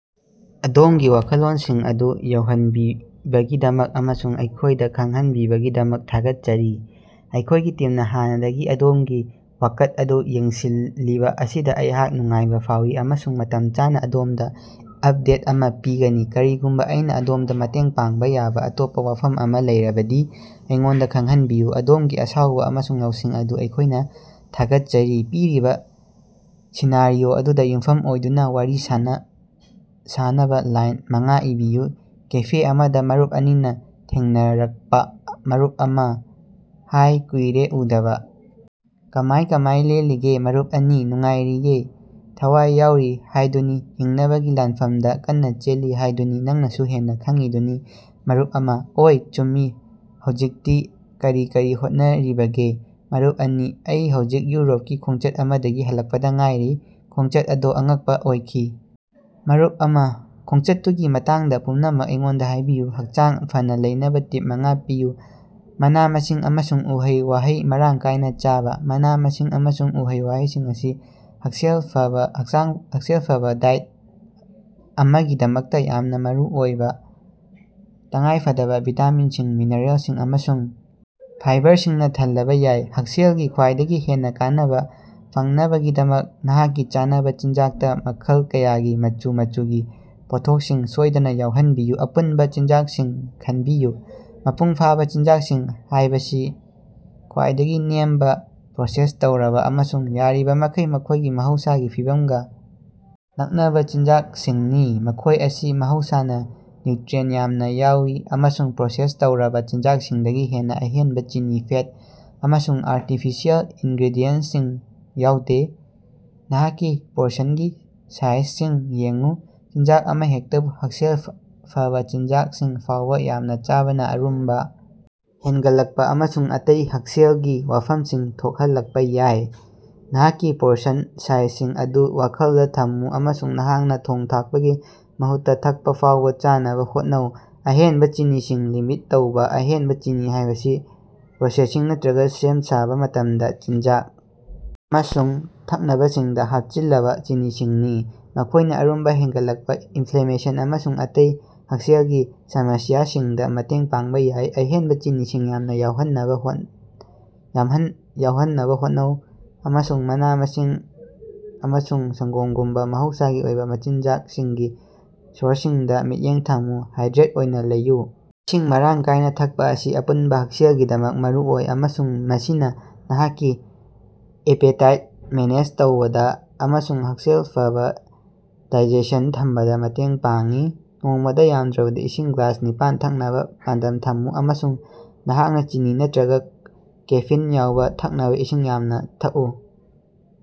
ꯑꯗꯣꯝꯒꯤ ꯋꯥꯈꯜꯂꯣꯟꯁꯤꯡ ꯑꯗꯨ ꯌꯧꯍꯟꯕꯤꯕꯒꯤꯗꯃꯛ ꯑꯃꯁꯨꯡ ꯑꯩꯈꯣꯏꯗ ꯈꯪꯍꯟꯕꯤꯕꯒꯤꯗꯃꯛ ꯊꯥꯒꯠꯆꯔꯤ꯫ ꯑꯩꯈꯣꯏꯒꯤ ꯇꯤꯝꯅ ꯍꯥꯟꯅꯗꯒꯤ ꯑꯗꯣꯝꯒꯤ ꯋꯥꯀꯠ ꯑꯗꯨ ꯌꯦꯡꯁꯤꯜꯂꯤꯕ ꯑꯁꯤꯗ ꯑꯩꯍꯥꯛ ꯅꯨꯡꯉꯥꯏꯕ ꯐꯥꯎꯏ ꯑꯃꯁꯨꯡ ꯃꯇꯝ ꯆꯥꯅ ꯑꯗꯣꯝꯗ ꯑꯞꯗꯦꯠ ꯑꯃ ꯄꯤꯒꯅꯤ꯫ ꯀꯔꯤꯒꯨꯝꯕ ꯑꯩꯅ ꯑꯗꯣꯝꯗ ꯃꯇꯦꯡ ꯄꯥꯡꯕ ꯌꯥꯕ ꯑꯇꯣꯞꯄ ꯋꯥꯐꯝ ꯑꯃ ꯂꯩꯔꯕꯗꯤ ꯑꯩꯉꯣꯟꯗ ꯈꯪꯍꯟꯕꯤꯌꯨ꯫ ꯑꯗꯣꯝꯒꯤ ꯑꯁꯥꯎꯕ ꯑꯃꯁꯨꯡ ꯂꯧꯁꯤꯡ ꯑꯗꯨ ꯑꯩꯈꯣꯏꯅ ꯊꯥꯒꯠꯆꯔꯤ꯫ ꯄꯤꯔꯤꯕ ꯁꯤꯅꯥꯔꯤꯑꯣ ꯑꯗꯨꯗ ꯌꯨꯝꯐꯝ ꯑꯣꯏꯗꯨꯅ ꯋꯥꯔꯤ ꯁꯥꯟꯅꯕ ꯂꯥꯏꯟ ꯃꯉꯥ ꯏꯕꯤꯌꯨ꯫ ꯀꯦꯐꯦ ꯑꯃꯗ ꯃꯔꯨꯞ ꯑꯅꯤꯅ ꯊꯦꯡꯅꯔꯀꯄꯥ- ꯃꯔꯨꯞ ꯑꯃ: ꯍꯥꯏ, ꯀꯨꯏꯔꯦ ꯎꯗꯕ! ꯀꯃꯥꯏ ꯀꯃꯥꯏ ꯂꯦꯜꯂꯤꯒꯦ? ꯃꯔꯨꯞ ꯑꯅꯤ: ꯅꯨꯡꯉꯥꯏꯔꯤꯌꯦ, ꯊꯋꯥꯏ ꯌꯥꯎꯔꯤ ꯍꯥꯏꯗꯨꯅꯤ ꯍꯤꯡꯅꯕꯒꯤ ꯂꯥꯟꯐꯝꯗ ꯀꯟꯅ ꯆꯦꯜꯂꯤ ꯍꯥꯏꯗꯨꯅꯤ ꯅꯪꯅꯁꯨ ꯍꯦꯟꯅ ꯈꯪꯉꯤꯗꯨꯅꯤ꯫ ꯃꯔꯨꯞ ꯑꯃ: ꯑꯣꯏ, ꯆꯨꯝꯃꯤ꯫ꯍꯧꯖꯤꯛꯇꯤ ꯀꯔꯤ ꯀꯔꯤ ꯍꯣꯠꯅꯔꯤꯕꯒꯦ? ꯃꯔꯨꯞ ꯑꯅꯤ: ꯑꯩ ꯍꯧꯖꯤꯛ ꯌꯨꯔꯣꯞꯀꯤ ꯈꯣꯡꯆꯠ ꯑꯃꯗꯒꯤ ꯍꯜꯂꯛꯄꯗ ꯉꯥꯏꯔꯤ꯫ ꯈꯣꯡꯆꯠ ꯑꯗꯣ ꯑꯉꯛꯄ ꯑꯣꯏꯈꯤ! ꯃꯔꯨꯞ ꯑꯃ: ꯈꯣꯡꯆꯠꯇꯨꯒꯤ ꯃꯇꯥꯡꯗ ꯄꯨꯝꯅꯃꯛ ꯑꯩꯉꯣꯟꯗ ꯍꯥꯏꯕꯤꯌꯨ꯫ ꯍꯛꯆꯥꯡ ꯐꯅ ꯂꯩꯅꯕ ꯇꯤꯞ ꯃꯉꯥ ꯄꯤꯌꯨ꯫ ꯃꯅꯥ-ꯃꯁꯤꯡ ꯑꯃꯁꯨꯡ ꯎꯍꯩ-ꯋꯥꯍꯩ ꯃꯔꯥꯡ ꯀꯥꯏꯅ ꯆꯥꯕ: ꯃꯅꯥ-ꯃꯁꯤꯡ ꯑꯃꯁꯨꯡ ꯎꯍꯩ-ꯋꯥꯍꯩꯁꯤꯡ ꯑꯁꯤ ꯍꯛꯁꯦꯜ ꯐꯕ ꯗꯥꯏꯠ ꯑꯃꯒꯤꯗꯃꯛꯇ ꯌꯥꯝꯅ ꯃꯔꯨꯑꯣꯏꯕ ꯇꯉꯥꯏꯐꯗꯕ ꯚꯤꯇꯥꯃꯤꯟꯁꯤꯡ, ꯃꯤꯅꯔꯦꯜꯁꯤꯡ ꯑꯃꯁꯨꯡ ꯐꯥꯏꯕꯔꯁꯤꯡꯅ ꯊꯜꯂꯕ ꯌꯥꯏ꯫ ꯍꯛꯁꯦꯜꯒꯤ ꯈ꯭ꯋꯥꯏꯗꯒꯤ ꯍꯦꯟꯅ ꯀꯥꯟꯅꯕ ꯐꯪꯅꯕꯒꯤꯗꯃꯛ ꯅꯍꯥꯛꯀꯤ ꯆꯥꯅꯕ ꯆꯤꯟꯖꯥꯛꯇ ꯃꯈꯜ ꯀꯌꯥꯒꯤ ꯃꯆꯨ ꯃꯆꯨꯒꯤ ꯄꯣꯠꯊꯣꯛꯁꯤꯡ ꯁꯣꯏꯗꯅ ꯌꯥꯎꯍꯟꯕꯤꯌꯨ꯫ ꯑꯄꯨꯟꯕ ꯆꯤꯟꯖꯥꯛꯁꯤꯡ ꯈꯟꯕꯤꯌꯨ: ꯃꯄꯨꯡꯐꯥꯕ ꯆꯤꯟꯖꯥꯛꯁꯤꯡ ꯍꯥꯏꯕꯁꯤ ꯈ꯭ꯋꯥꯏꯗꯒꯤ ꯅꯦꯝꯕ ꯄ꯭ꯔꯣꯁꯦꯁ ꯇꯧꯔꯕ ꯑꯃꯁꯨꯡ ꯌꯥꯔꯤꯕꯃꯈꯩ ꯃꯈꯣꯏꯒꯤ ꯃꯍꯧꯁꯥꯒꯤ ꯐꯤꯚꯝꯒ ꯅꯛꯅꯕ ꯆꯤꯟꯖꯥꯛꯁꯤꯡꯅꯤ꯫ ꯃꯈꯣꯏ ꯑꯁꯤ ꯃꯍꯧꯁꯥꯅ ꯅ꯭ꯌꯨꯇ꯭ꯔꯤꯑꯦꯟꯇ ꯌꯥꯝꯅ ꯌꯥꯎꯏ ꯑꯃꯁꯨꯡ ꯄ꯭ꯔꯣꯁꯦꯁ ꯇꯧꯔꯕ ꯆꯤꯟꯖꯥꯛꯁꯤꯡꯗꯒꯤ ꯍꯦꯟꯅ ꯑꯍꯦꯟꯕ ꯆꯤꯅꯤ, ꯐꯦꯠ ꯑꯃꯁꯨꯡ ꯑꯥꯔꯇꯤꯐꯤꯁꯤꯑꯦꯜ ꯏꯟꯒ꯭ꯔꯦꯗꯤꯌꯦꯟꯇꯁꯤꯡ ꯌꯥꯎꯗꯦ꯫ ꯅꯍꯥꯛꯀꯤ ꯄꯣꯔꯁꯟꯒꯤ ꯁꯥꯏꯖꯁꯤꯡ ꯌꯦꯡꯎ: ꯆꯤꯟꯖꯥꯛ ꯑꯃꯍꯦꯛꯇꯕꯨ ꯍꯛꯁꯦꯜ ꯐꯕ ꯆꯤꯟꯖꯥꯛꯁꯤꯡ ꯐꯥꯎꯕ ꯌꯥꯝꯅ ꯆꯥꯕꯅ ꯑꯔꯨꯝꯕ ꯍꯦꯟꯒꯠꯂꯛꯄ ꯑꯃꯁꯨꯡ ꯑꯇꯩ ꯍꯛꯁꯦꯜꯒꯤ ꯋꯥꯐꯝꯁꯤꯡ ꯊꯣꯛꯍꯜꯂꯛꯄ ꯌꯥꯏ꯫ ꯅꯍꯥꯛꯀꯤ ꯄꯣꯔꯁꯟ ꯁꯥꯏꯖꯁꯤꯡ ꯑꯗꯨ ꯋꯥꯈꯜꯗ ꯊꯝꯃꯨ ꯑꯃꯁꯨꯡ ꯅꯍꯥꯛꯅ ꯊꯣꯡ-ꯊꯥꯛꯄꯒꯤ ꯃꯍꯨꯠꯇ ꯊꯛꯄ ꯐꯥꯎꯕ ꯆꯥꯅꯕ ꯍꯣꯠꯅꯧ꯫ ꯑꯍꯦꯟꯕ ꯆꯤꯅꯤꯁꯤꯡ ꯂꯤꯃꯤꯠ ꯇꯧꯕ: ꯑꯍꯦꯟꯕ ꯆꯤꯅꯤ ꯍꯥꯏꯕꯁꯤ ꯄ꯭ꯔꯣꯁꯦꯁꯤꯡ ꯅꯠꯇ꯭ꯔꯒ ꯁꯦꯝ-ꯁꯥꯕ ꯃꯇꯝꯗ ꯆꯤꯟꯖꯥꯛ ꯑꯃꯁꯨꯡ ꯊꯛꯅꯕꯁꯤꯡꯗ ꯍꯥꯞꯆꯤꯜꯂꯕ ꯆꯤꯅꯤꯁꯤꯡꯅꯤ꯫ ꯃꯈꯣꯏꯅ ꯑꯔꯨꯝꯕ ꯍꯦꯟꯒꯠꯂꯛꯄ, ꯏꯟꯐ꯭ꯂꯦꯃꯦꯁꯟ ꯑꯃꯁꯨꯡ ꯑꯇꯩ ꯍꯛꯁꯦꯜꯒꯤ ꯁꯃꯁ꯭ꯌꯥꯁꯤꯡꯗ ꯃꯇꯦꯡ ꯄꯥꯡꯕ ꯌꯥꯏ꯫ ꯑꯍꯦꯟꯕ ꯆꯤꯅꯤꯁꯤꯡ ꯌꯥꯝꯅ ꯌꯥꯎꯍꯟꯅꯕ ꯍꯣꯠꯅꯧ ꯑꯃꯁꯨꯡ ꯃꯅꯥ-ꯃꯁꯤꯡ ꯑꯃꯁꯨꯡ ꯁꯪꯒꯣꯝꯒꯨꯝꯕ ꯃꯍꯧꯁꯥꯒꯤ ꯑꯣꯏꯕ ꯃꯆꯤꯟꯖꯥꯛꯁꯤꯡꯒꯤ ꯁꯣꯔꯁꯁꯤꯡꯗ ꯃꯤꯠꯌꯦꯡ ꯊꯝꯃꯨ꯫ ꯍꯥꯏꯗ꯭ꯔꯦꯠ ꯑꯣꯏꯅ ꯂꯩꯌꯨ: ꯏꯁꯤꯡ ꯃꯔꯥꯡ ꯀꯥꯏꯅ ꯊꯛꯄ ꯑꯁꯤ ꯑꯄꯨꯟꯕ ꯍꯛꯁꯦꯜꯒꯤꯗꯃꯛ ꯃꯔꯨꯑꯣꯏ ꯑꯃꯁꯨꯡ ꯃꯁꯤꯅ ꯅꯍꯥꯛꯀꯤ ꯑꯦꯄꯦꯇꯥꯏꯠ ꯃꯦꯅꯦꯖ ꯇꯧꯕꯗ ꯑꯃꯁꯨꯡ ꯍꯛꯁꯦꯜ ꯐꯕ ꯗꯥꯏꯖꯦꯁꯟ ꯊꯝꯕꯗ ꯃꯇꯦꯡ ꯄꯥꯡꯏ꯫ ꯅꯣꯡꯃꯗ ꯌꯥꯝꯗ꯭ꯔꯕꯗ ꯏꯁꯤꯡ ꯒ꯭ꯂꯥꯁ ꯅꯤꯄꯥꯟ ꯊꯛꯅꯕ ꯄꯥꯟꯗꯝ ꯊꯝꯃꯨ ꯑꯃꯁꯨꯡ ꯅꯍꯥꯛꯅ ꯆꯤꯅꯤ ꯅꯠꯇ꯭ꯔꯒ ꯀꯦꯐꯤꯟ ꯌꯥꯎꯕ ꯊꯛꯅꯕ ꯏꯁꯤꯡ ꯌꯥꯝꯅ ꯊꯛꯎ꯫